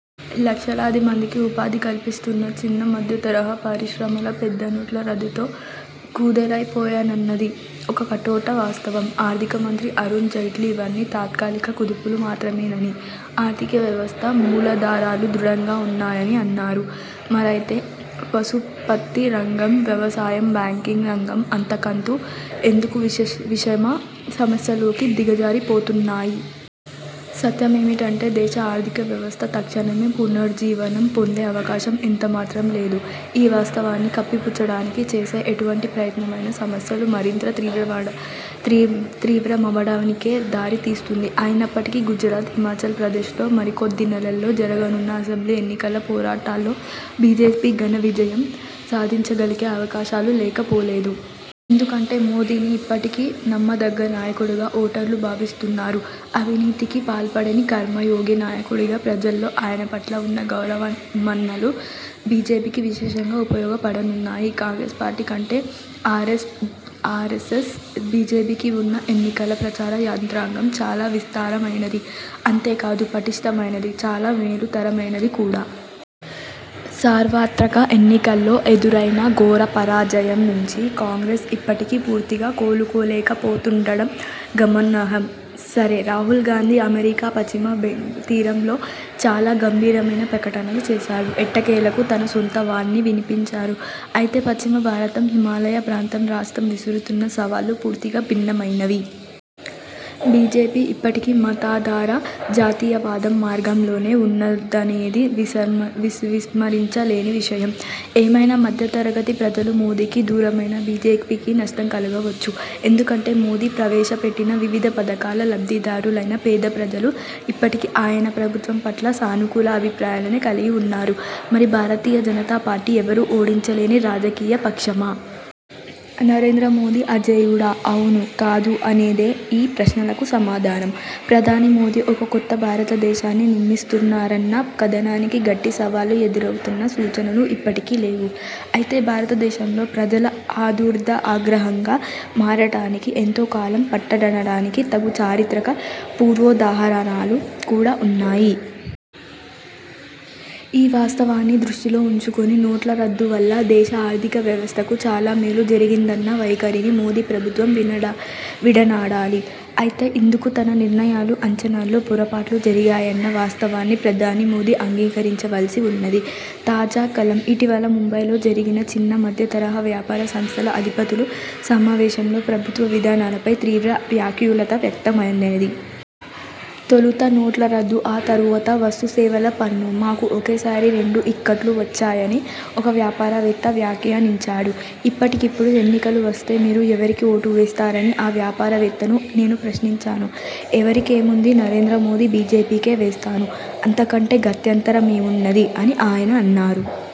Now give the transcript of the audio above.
లక్షలాది మందికి ఉపాధి కల్పిస్తున్న చిన్న, మధ్యతరహా పరిశ్రమలు పెద్ద నోట్ల రద్దుతో కుదేలైపోయాయన్నది ఒక కఠోర వాస్తవం. ఆర్థికమంత్రి అరుణ్ జైట్లీ ఇవన్నీ తాత్కాలిక కుదుపులు మాత్రమేనని, ఆర్థిక వ్యవస్థ మూలాధారాలు దృఢంగా వున్నాయని అన్నారు. మరయితే వసుపత్తి రంగం, వ్యవసాయం, బ్యాంకింగ్ రంగం అంతకంతకూ ఎందుకు విషమ సమస్యలలోకి దిగజారిపోతున్నాయి? సత్యమేమిటంటే దేశ ఆర్థిక వ్యవస్థ తక్షణమే పునరుజ్జీవనం పొందే అవకాశం ఎంత మాత్రం లేదు. ఈ వాస్తవాన్ని కప్పిపుచ్చడానికి చేసే ఎటువంటి ప్రయత్నమైనా సమస్యలు మరింత తీవ్రమవడానికే దారితీస్తుంది. అయినప్పటికీ గుజరాత్, హిమాచల్ ప్రదేశ్లలో మరికొద్దినెలల్లో జరగనున్న అసెంబ్లీ ఎన్నికల పోరాటాల్లో బీజేపీ ఘన విజయం సాధించగలిగే అవకాశాలు లేకపోలేదు. ఎందుకంటే మోదీని ఇప్పటికీ నమ్మదగ్గ నాయకుడుగా ఓటర్లు భావిస్తున్నారు. అవినీతికిపాల్పడని 'కర్మయోగి' నాయకుడుగా ప్రజల్లో ఆయన పట్ల వున్న గౌరవమన్ననలు బీజేపీకి విశేషంగా ఉపయోగపడనున్నాయి. కాంగ్రెస్ పార్టీ కంటే ఆరెస్సెస్–బీజేపీకి వున్న ఎన్నికల ప్రచార యంత్రాంగం చాలా విస్తారమైనది. అంతేకాదు, పటిష్ఠమైనది. చాలా మేలుతరమైనది కూడా. సార్వత్రక ఎన్నికల్లో ఎదురైన ఘోరపరాజయం నుంచి కాంగ్రెస్ ఇప్పటికీ పూర్తిగా కోలుకోలేకపోతుండడం గమనార్హం. సరే, రాహుల్ గాంధీ అమెరికా పశ్చిమ తీరంలో చాలా గంభీరమైన ప్రకటనలు చేశారు. ఎట్టకేలకు తన సొంత వాణి విన్పించారు. అయితే పశ్చిమ భారతం, హిమాలయ ప్రాంత రాష్ట్రం విసురుతున్న సవాళ్ళు పూర్తిగా భిన్నమైనవి. బీజేపీ ఇప్పటికీ మతాధార 'జాతీయవాదం' మార్గంలోనే వున్నదనేది విస్మరించలేని విషయం. ఏమైనా మధ్యతరగతి ప్రజలు మోదీకి దూరమైనా బీజేపీకి నష్టం కలుగకపోవచ్చు. ఎందుకంటే మోదీ ప్రవేశపెట్టిన వివిధ పథకాల లబ్ధిదారులైన పేదప్రజలు ఇప్పటికీ ఆయన ప్రభుత్వం పట్ల సానుకూల అభిప్రాయాలనే కలిగివున్నారు. మరి భారతీయ జనతా పార్టీ ఎవరూ ఓడించలేని రాజకీయ పక్షమా? నరేంద్ర మోదీ అజేయుడా? అవును, కాదు అనేదే ఈ ప్రశ్నలకు సమాధానం. ప్రధాని మోదీ ఒక 'కొత్త' భారతదేశాన్ని నిర్మిస్తున్నారన్న కథనానికి గట్టి సవాళ్లు ఎదురవుతున్న సూచనలు ఇప్పటికీ లేవు. అయితే భారతదేశంలో ప్రజల ఆదుర్దా ఆగ్రహంగా మారటానికి ఎంతోకాలం పట్టదనడానికి తగు చారిత్రక పూర్వోదాహరణలు కూడా వున్నాయి. ఈ వాస్తవాన్ని దృష్టిలో ఉంచుకొని నోట్ల రద్దు వల్ల దేశ ఆర్థిక వ్యవస్థకు చాలా మేలు జరిగిందన్న వైఖరిని మోదీ ప్రభుత్వం విడనాడాలి. అయితే ఇందుకు తన నిర్ణయాలు, అంచనాల్లో పొరపాట్లు జరిగాయన్న వాస్తవాన్ని ప్రధాని మోదీ అంగీకరించవలసి వున్నది. తాజా కలం: ఇటీవల ముంబైలో జరిగిన చిన్న, మధ్యతరహా వ్యాపార సంస్థల అధిపతుల సమావేశంలో ప్రభుత్వ విధానాలపై తీవ్ర వ్యాకులత వ్యక్తమైనది. 'తొలుత నోట్ల రద్దు, ఆ తరువాత వస్తుసేవల పన్ను! మాకు ఒకేసారి రెండు ఇక్కట్లు వచ్చాయని' ఒక వ్యాపారవేత్త వ్యాఖ్యానించాడు. ఇప్పటికిప్పుడు ఎన్నికలు వస్తే మీరు ఎవరికి ఓటు వేస్తారని ఆ వ్యాపారవేత్తను నేను ప్రశ్నించాను. 'ఎవరికేముంది? నరేంద్రమోదీ, బీజేపీకే వేస్తాను. అంతకంటే గత్యంతరమేమున్నది? ' అని ఆయన అన్నారు.